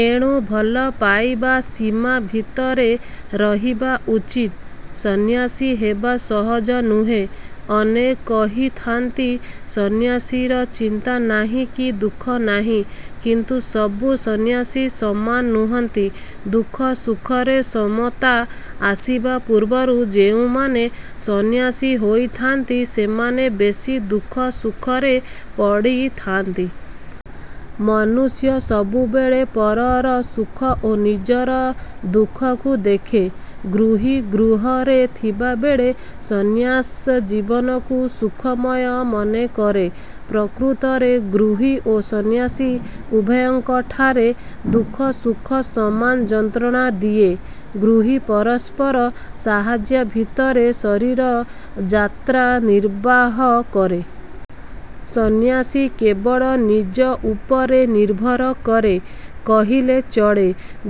ଏଣୁ ଭଲ ପାଇବା ସୀମା ଭିତରେ ରହିବା ଉଚିତ। ସନ୍ନ୍ୟାସୀ ହେବା ସହଜ ନୁହେଁ। ଅନେକ କହିଥାନ୍ତି "ସନ୍ନ୍ୟାସୀର ଚିନ୍ତା ନାହିଁ କି ଦୁଃଖ ନାହିଁ" କିନ୍ତୁ ସବୁ ସନ୍ନ୍ୟାସୀ ସମାନ ନୁହନ୍ତି। ଦୁଃଖ ସୁଖରେ ସମତା ଆସିବା ପୂର୍ବରୁ ଯେଉଁମାନେ ସନ୍ନ୍ୟାସୀ ହୋଇଥାନ୍ତି, ସେମାନେ ବେଶୀ ଦୁଃଖ ସୁଖରେ ପଡ଼ିଥାନ୍ତି। ମନୁଷ୍ୟ ସବୁବେଳେ ପରର ସୁଖ ଓ ନିଜର ଦୁଃଖକୁ ଦେଖେ। ଗୃହୀ ଗୃହରେ ଥିବାବେଳେ ସନ୍ନ୍ୟାସ ଜୀବନକୁ ସୁଖମୟ ମନେକରେ। ପ୍ରକୃତରେ ଗୃହୀ ଓ ସନ୍ନ୍ୟାସୀ ଉଭୟଙ୍କଠାରେ ଦୁଃଖ ସୁଖ ସମାନ ଯନ୍ତ୍ରଣା ଦିଏ। ଗୃହୀ ପରସ୍ପର ସାହାଯ୍ୟ ଭିତରେ ଶରୀର ଯାତ୍ରା ନିର୍ବାହ କରେ। ସନ୍ନ୍ୟାସୀ କେବଳ ନିଜ ଉପରେ ନିର୍ଭର କରେ କହିଲେ ଚଳେ।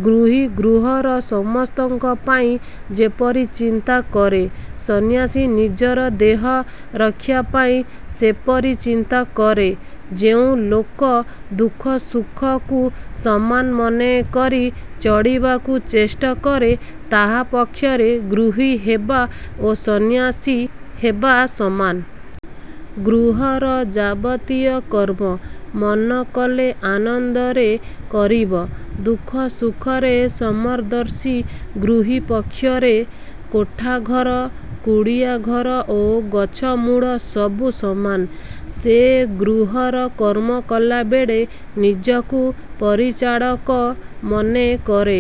ଗୃହୀ ଗୃହର ସମସ୍ତଙ୍କ ପାଇଁ ଯେପରି ଚିନ୍ତା କରେ, ସନ୍ନ୍ୟାସୀ ନିଜର ଦେହ ରକ୍ଷା ପାଇଁ ସେପରି ଚିନ୍ତା କରେ। ଯେଉଁ ଲୋକ ଦୁଃଖ ସୁଖକୁ ସମାନ ମନେକରି ଚଳିବାକୁ ଚେଷ୍ଟା କରେ, ତାହା ପକ୍ଷରେ ଗୃହୀ ହେବା ଓ ସନ୍ନ୍ୟାସୀ ହେବା ସମାନ। ଗୃହର ଯାବତୀୟ କର୍ମ, ମନ କଲେ ଆନନ୍ଦରେ କରିବ-। ଦୁଃଖ ସୁଖରେ ସମଦର୍ଶୀ ଗୃହୀ ପକ୍ଷରେ କୋଠାଘର, କୁଡ଼ିଆଘର ଓ ଗଛମୂଳ ସବୁ ସମାନ-। ସେ ଗୃହର କର୍ମ କଲାବେଳେ ନିଜକୁ ପରିଚାଳକ ମନେ କରେ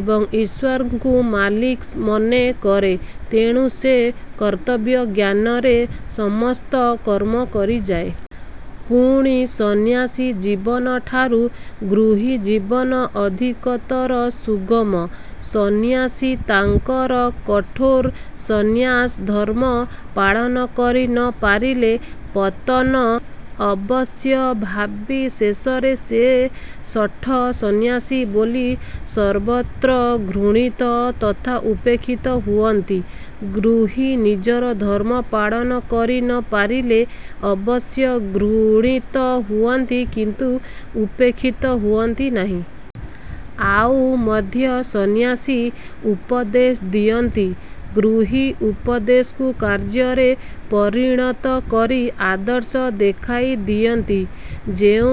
ଏବଂ ଈଶ୍ଵରଙ୍କୁ ମାଲିକ ମନେ କରେ। ତେଣୁ ସେ କର୍ତ୍ତବ୍ୟ ଜ୍ଞାନରେ ସମସ୍ତ କର୍ମ କରିଯାଏ। ପୁଣି ସନ୍ନ୍ୟାସୀ ଜୀବନଠାରୁ ଗୃହୀ ଜୀବନ ଅଧିକତର ସୁଗମ। ସନ୍ନ୍ୟାସୀ ତାଙ୍କର କଠୋର ସନ୍ନ୍ୟାସ ଧର୍ମ ପାଳନ କରି ନ ପାରିଲେ ପତନ ଅବଶ୍ୟମ୍ଭାବୀ। ଶେଷରେ ସେ ଶଠ ସନ୍ନ୍ୟାସୀ ବୋଲି ସର୍ବତ୍ର ଘୃଣିତ ତଥା ଉପେକ୍ଷିତ ହୁଅନ୍ତି। ଗୃହୀ ନିଜର ଧର୍ମ ପାଳନ କରି ନ ପାରିଲେ ଅବଶ୍ୟ ଘୃଣିତ ହୁଅନ୍ତି କିନ୍ତୁ ଉପେକ୍ଷିତ ହୁଅନ୍ତି ନାହିଁ। ଆଉ ମଧ୍ୟ ସନ୍ନ୍ୟାସୀ ଉପଦେଶ ଦିଅନ୍ତି, ଗୃହୀ ଉପଦେଶକୁ କାର୍ଯ୍ୟରେ ପରିଣତ କରି ଆଦର୍ଶ ଦେଖାଇ ଦିଅନ୍ତି; ଯେଉଁ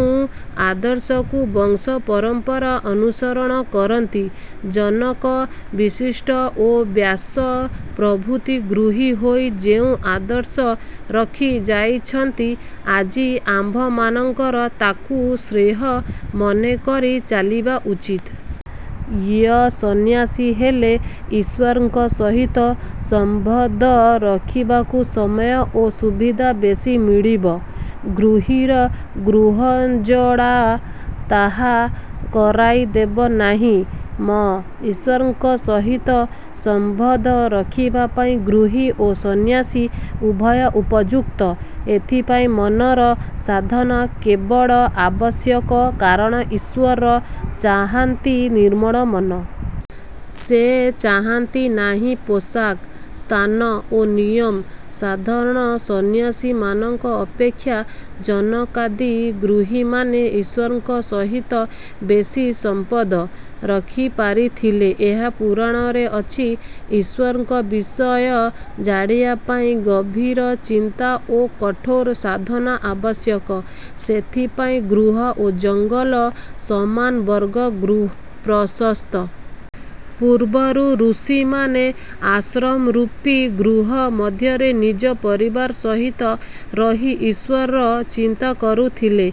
ଆଦର୍ଶକୁ ବଂଶ ପରମ୍ପରା ଅନୁସରଣ କରନ୍ତି। ଜନକ, ବଶିଷ୍ଠ ଓ ବ୍ୟାସ ପ୍ରଭୃତି ଗୃହୀ ହୋଇ ଯେଉଁ ଆଦର୍ଶ ରଖି ଯାଇଛନ୍ତି, ଆଜି ଆମ୍ଭମାନଙ୍କର ତାକୁ ଶ୍ରେୟ ମନେକରି ଚାଲିବା ଉଚିତ।। ୟ-ସନ୍ନ୍ୟାସୀ ହେଲେ ଈଶ୍ଵରଙ୍କ ସହିତ ସମ୍ବନ୍ଧ ରଖିବାକୁ ସମୟ ଓ ସୁବିଧା ବେଶୀ ମିଳିବ। ଗୃହୀର ଗୃହଜଞ୍ଜାଳ ତାହା କରାଇ ଦେବ ନାହିଁ। ମ-ଈଶ୍ଵରଙ୍କ ସହିତ ସମ୍ବନ୍ଧ ରଖିବା ପାଇଁ ଗୃହୀ ଓ ସନ୍ନ୍ୟାସୀ ଉଭୟ ଉପଯୁକ୍ତ। ଏଥିପାଇଁ ମନର ସାଧନା କେବଳ ଆବଶ୍ୟକ, କାରଣ ଈଶ୍ଵର ଚାହାନ୍ତି ନିର୍ମଳ ମନ। ସେ ଚାହାନ୍ତି ନାହିଁ ପୋଷାକ, ସ୍ଥାନ ଓ ନିୟମ। ସାଧାରଣ ସନ୍ନ୍ୟାସୀମାନଙ୍କ ଅପେକ୍ଷା ଜନକାଦି ଗୃହୀମାନେ ଈଶ୍ଵରଙ୍କ ସହିତ ବେଶୀ ସମ୍ବନ୍ଧ ରଖିପାରିଥିଲେ। ଏହା ପୁରାଣରେ ଅଛି। ଈଶ୍ଵରଙ୍କ ବିଷୟ ଜାଣିବା ପାଇଁ ଗଭୀର ଚିନ୍ତା ଓ କଠୋର ସାଧନା ଆବଶ୍ୟକ। ସେଥିପାଇଁ ଗୃହ ଓ ଜଙ୍ଗଲ ସମାନ, ବରଂ ଗୃହ ପ୍ରଶସ୍ତ। ପୂର୍ବରୁ ଋଷିମାନେ ଆଶ୍ରମରୂପୀ ଗୃହ ମଧ୍ୟରେ ନିଜ ପରିବାର ସହିତ ରହି ଈଶ୍ଵର ଚିନ୍ତା କରୁଥିଲେ।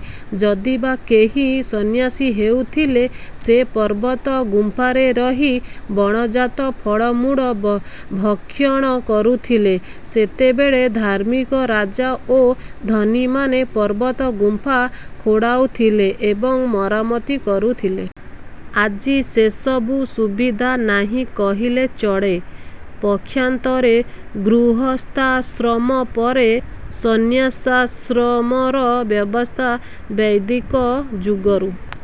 ଯଦିବା କେହି ସନ୍ନ୍ୟାସୀ ହେଉଥିଲେ ସେ ପର୍ବତ ଗୁମ୍ପାରେ ରହି ବଣଜାତ ଫଳମୂଳ ଭକ୍ଷଣ କରୁଥିଲେ। ସେତେବେଳେ ଧାର୍ମିକ ରାଜା ଓ ଧନୀମାନେ ପର୍ବତ ଗୁମ୍ଫା ଖୋଳାଉଥିଲେ ଏବଂ ମରାମତି କରୁଥିଲେ। ଆଜି ସେସବୁ ସୁବିଧା ନାହିଁ କହିଲେ ଚଳେ। ପକ୍ଷାନ୍ତରେ ଗୃହସ୍ଥାଶ୍ରମ ପରେ ସନ୍ନ୍ୟାସାଶ୍ରମର ବ୍ୟବସ୍ଥା ବୈଦିକ ଯୁଗରୁ